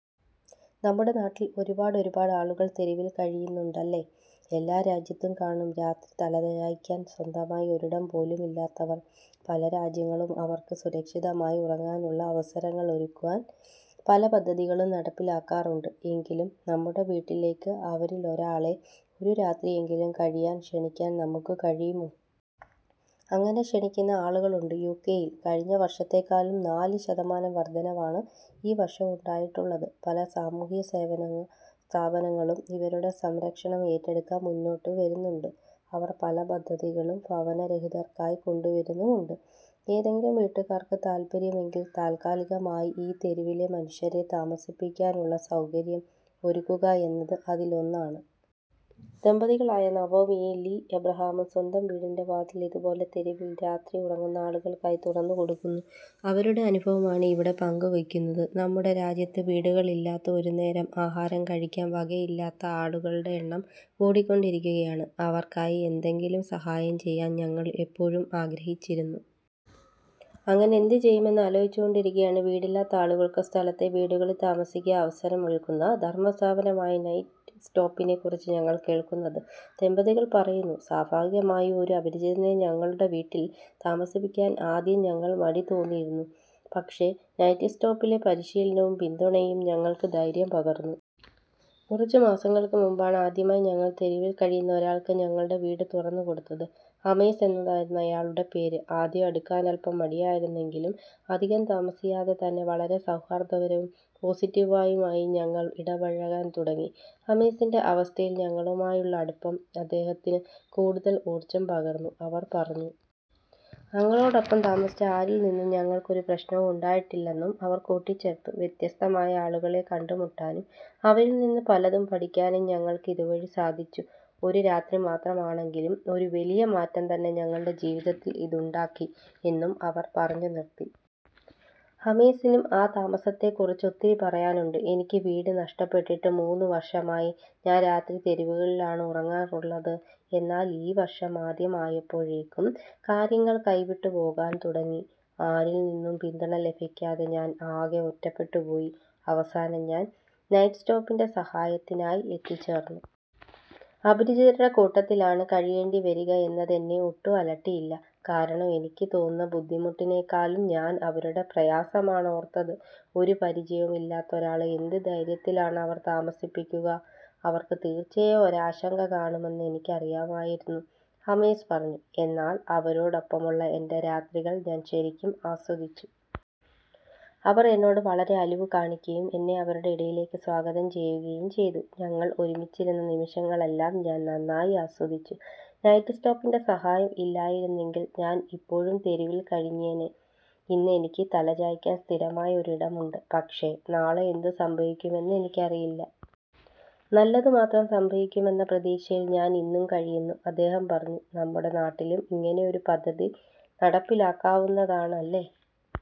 നമ്മുടെ നാട്ടില്‍ ഒരുപാടൊരുപാട് ആളുകള്‍ തെരുവില്‍ കഴിയുന്നുണ്ട് അല്ലേ? എല്ലാ രാജ്യത്തും കാണും രാത്രി തല ചായ്ക്കാന്‍ സ്വന്തമായി ഒരിടം പോലുമില്ലാത്തവർ. പല രാജ്യങ്ങളും അവര്‍ക്ക് സുരക്ഷിതമായി ഉറങ്ങാനുള്ള അവസരങ്ങളൊരുക്കുവാൻ പല പദ്ധതികളും നടപ്പിലാക്കാറുണ്ട്. എങ്കിലും, നമ്മുടെ വീട്ടിലേക്ക് അവരിലൊരാളെ ഒരു രാത്രിയെങ്കിലും കഴിയാന്‍ ക്ഷണിക്കാന്‍ നമുക്ക് കഴിയുമോ? അങ്ങനെ ക്ഷണിക്കുന്ന ആളുകളുണ്ട് യു.കെയില്‍. കഴിഞ്ഞ വർഷത്തെക്കാളും നാല് ശതമാനം വർദ്ധനവാണ് ഈ വർഷം ഉണ്ടായിട്ടുള്ളത്. പല സാമൂഹ്യ സേവന സ്ഥാപനങ്ങളും ഇവരുടെ സംരക്ഷണം ഏറ്റെടുക്കാൻ മുന്നോട്ടു വരുന്നുണ്ട്. അവർ പല പദ്ധതികളും ഭവനരഹിതർക്കായി കൊണ്ടുവരുന്നുമുണ്ട്. ഏതെങ്കിലും വീട്ടുകാർക്ക് താല്പര്യമെങ്കിൽ താൽക്കാലികമായി ഈ തെരുവിലെ മനുഷ്യരെ താമസിപ്പിക്കാനുള്ള സൗകര്യം ഒരുക്കുക എന്നത് അതിലൊന്നാണ്. ദമ്പതികളായ നവോമിയലി, ലീ എബ്രഹാമും സ്വന്തം വീടിൻ്റെ വാതിൽ ഇതുപോലെ തെരുവിൽ രാത്രി ഉറങ്ങുന്ന ആളുകൾക്കായി തുറന്നു കൊടുക്കുന്നു. അവരുടെ അനുഭവമാണ് ഇവിടെ പങ്കുവെയ്ക്കുന്നത്. " നമ്മുടെ രാജ്യത്ത് വീടുകളിലാത്ത, ഒരുനേരം ആഹാരം കഴിക്കാൻ വകയില്ലാത്ത ആളുകളുടെ എണ്ണം കൂടിക്കൊണ്ടിരിക്കുകയാണ്. അവർക്കായി എന്തെങ്കിലും സഹായം ചെയ്യാൻ ഞങ്ങൾ എപ്പോഴും ആഗ്രഹിച്ചിരുന്നു. അങ്ങനെ എന്ത് ചെയ്യുമെന്ന് ആലോചിച്ചു കൊണ്ടിരിക്കേയാണ്, വീടില്ലാത്ത ആളുകള്‍ക്ക് സ്ഥലത്തെ വീടുകളിൽ താമസിക്കാൻ അവസരമൊരുക്കുന്ന ധർമ്മ സ്ഥാപനമായ നൈറ്റ്സ്റ്റോപ്പിനെ കുറിച്ച് ഞങ്ങൾ കേൾക്കുന്നത് " ദമ്പതികൾ പറയുന്നു. " സ്വാഫാവികമായും, ഒരു അപരിചിതനെ ഞങ്ങളുടെ വീട്ടിൽ താമസിപ്പിക്കാൻ ആദ്യം ഞങ്ങൾക്ക് മടിതോന്നിയിരുന്നു. പക്ഷേ, നൈറ്റ്സ്റ്റോപ്പിലെ പരിശീലനവും പിന്തുണയും ഞങ്ങൾക്ക് ധൈര്യം പകർന്നു. കുറച്ച് മാസങ്ങൾക്ക് മുമ്പാണ് ആദ്യമായി ഞങ്ങൾ തെരുവിൽ കഴിയുന്ന ഒരാൾക്ക് ഞങ്ങളുടെ വീട് തുറന്നു കൊടുത്തത്. ഹമെസ് എന്നായിരുന്നു ആയാളുടെ പേര്. ആദ്യം അടുക്കാൻ അല്പം മടിയായിരുന്നെങ്കിലും, അധികം താമസിയാതെത്തന്നെ വളരെ സൗഹാർദ്ദപരവും പോസിറ്റീവായുമായി ഞങ്ങൾ ഇടപഴകാൻ തുടങ്ങി. ഹമെസിൻ്റെ അവസ്ഥയിൽ ഞങ്ങളുമായുള്ള അടുപ്പം അദ്ദേഹത്തിന് കൂടുതൽ ഊർജ്ജം പകർന്നു " അവർ പറഞ്ഞു. ഞങ്ങളോടൊപ്പം താമസിച്ച ആരിൽനിന്നും ഞങ്ങൾക്ക് ഒരു പ്രശ്നവും ഉണ്ടായിട്ടില്ലെന്നും അവർ കൂട്ടിച്ചേർത്തു. " വ്യത്യസ്തമായ ആളുകളെ കണ്ടുമുട്ടാനും, അവരിൽനിന്ന് പലതും പഠിക്കാനും ഞങ്ങൾക്ക് ഇതുവഴി സാധിച്ചു. ഒരു രാത്രി മാത്രമാണെങ്കിലും, ഒരു വെലിയ മാറ്റംതന്നെ ഞങ്ങളുടെ ജീവിത്തിൽ ഇത് ഉണ്ടാക്കി '' എന്നും അവർ പറഞ്ഞുനിർത്തി. ഹമെസിനും ആ താമസത്തെ കുറിച്ച് ഒത്തിരി പറയാനുണ്ട്. " എനിക്ക് വീട് നഷ്ടപ്പെട്ടിട്ട് മൂന്ന് വർഷമായി. ഞാൻ രാത്രി തെരുവുകളിലാണ് ഉറങ്ങാറുള്ളത്. എന്നാൽ, ഈ വർഷം ആദ്യമായപ്പോഴേക്കും കാര്യങ്ങൾ കൈവിട്ട് പോകാൻ തുടങ്ങി. ആരിൽനിന്നും പിന്തുണ ലഭിക്കാതെ ഞാൻ ആകെ ഒറ്റപ്പെട്ടു പോയി. അവസാനം ഞാൻ നൈറ്റ്സ്റ്റോപ്പിൽ സഹായത്തിനായി എത്തിച്ചേർന്നു. അപരിചിതരുടെ കൂട്ടത്തിലാണ് കഴിയേണ്ടിവരിക എന്നത് എന്നെ ഒട്ടും അലട്ടിയില്ല. കാരണം എനിക്ക് തോന്നുന്ന ബുദ്ധിമുട്ടിനേക്കാളും ഞാൻ അവരുടെ പ്രയാസമാണ് ഓർത്തത്. ഒരുപരിചയവും ഇല്ലാത്ത ഒരാളെ എന്ത് ധൈര്യത്തിലാണ് അവർ താമസിപ്പിക്കുക? അവർക്ക് തീർച്ചയായും ഒരാശങ്ക കാണുമെന്ന് എനിക്കറിയാമായിരുന്നു " ഹമെസ് പറഞ്ഞു. " എന്നാൽ, അവരോടൊപ്പമുള്ള എൻ്റെ രാത്രികൾ ഞാൻ ശരിക്കും ആസ്വദിച്ചു. അവർ എന്നോട് വളരെ അലിവ് കാണിക്കുകയും, എന്നെ അവരുടെ ഇടയിലേക്ക് സ്വാഗതം ചെയ്യുകയും ചെയ്തു. ഞങ്ങൾ ഒരുമിച്ചിരുന്ന നിമിഷങ്ങളെല്ലാം ഞാൻ നന്നായി ആസ്വദിച്ചു. നൈറ്റ്സ്റ്റോപ്പിൻ്റെ സഹായം ഇല്ലായിരുന്നെങ്കിൽ ഞാൻ ഇപ്പോഴും തെരുവിൽ കഴിഞ്ഞേന്നെ. ഇന്ന് എനിക്ക് തലചായ്ക്കാൻ സ്ഥിരമായ ഒരു ഇടമുണ്ട്. പക്ഷേ, നാളെ എന്തുസംഭവിക്കുമെന്ന് എനിക്കറിയില്ല. നല്ലതുമാത്രം സംഭവിക്കുമെന്ന പ്രതീക്ഷയിൽ ഞാൻ ഇന്നും കഴിയുന്നു " അദ്ദേഹം പറഞ്ഞു. നമ്മുടെ നാട്ടിലും ഇങ്ങനെയൊരു പദ്ധതി നടപ്പിലാക്കാവുന്നതാണ് അല്ലേ.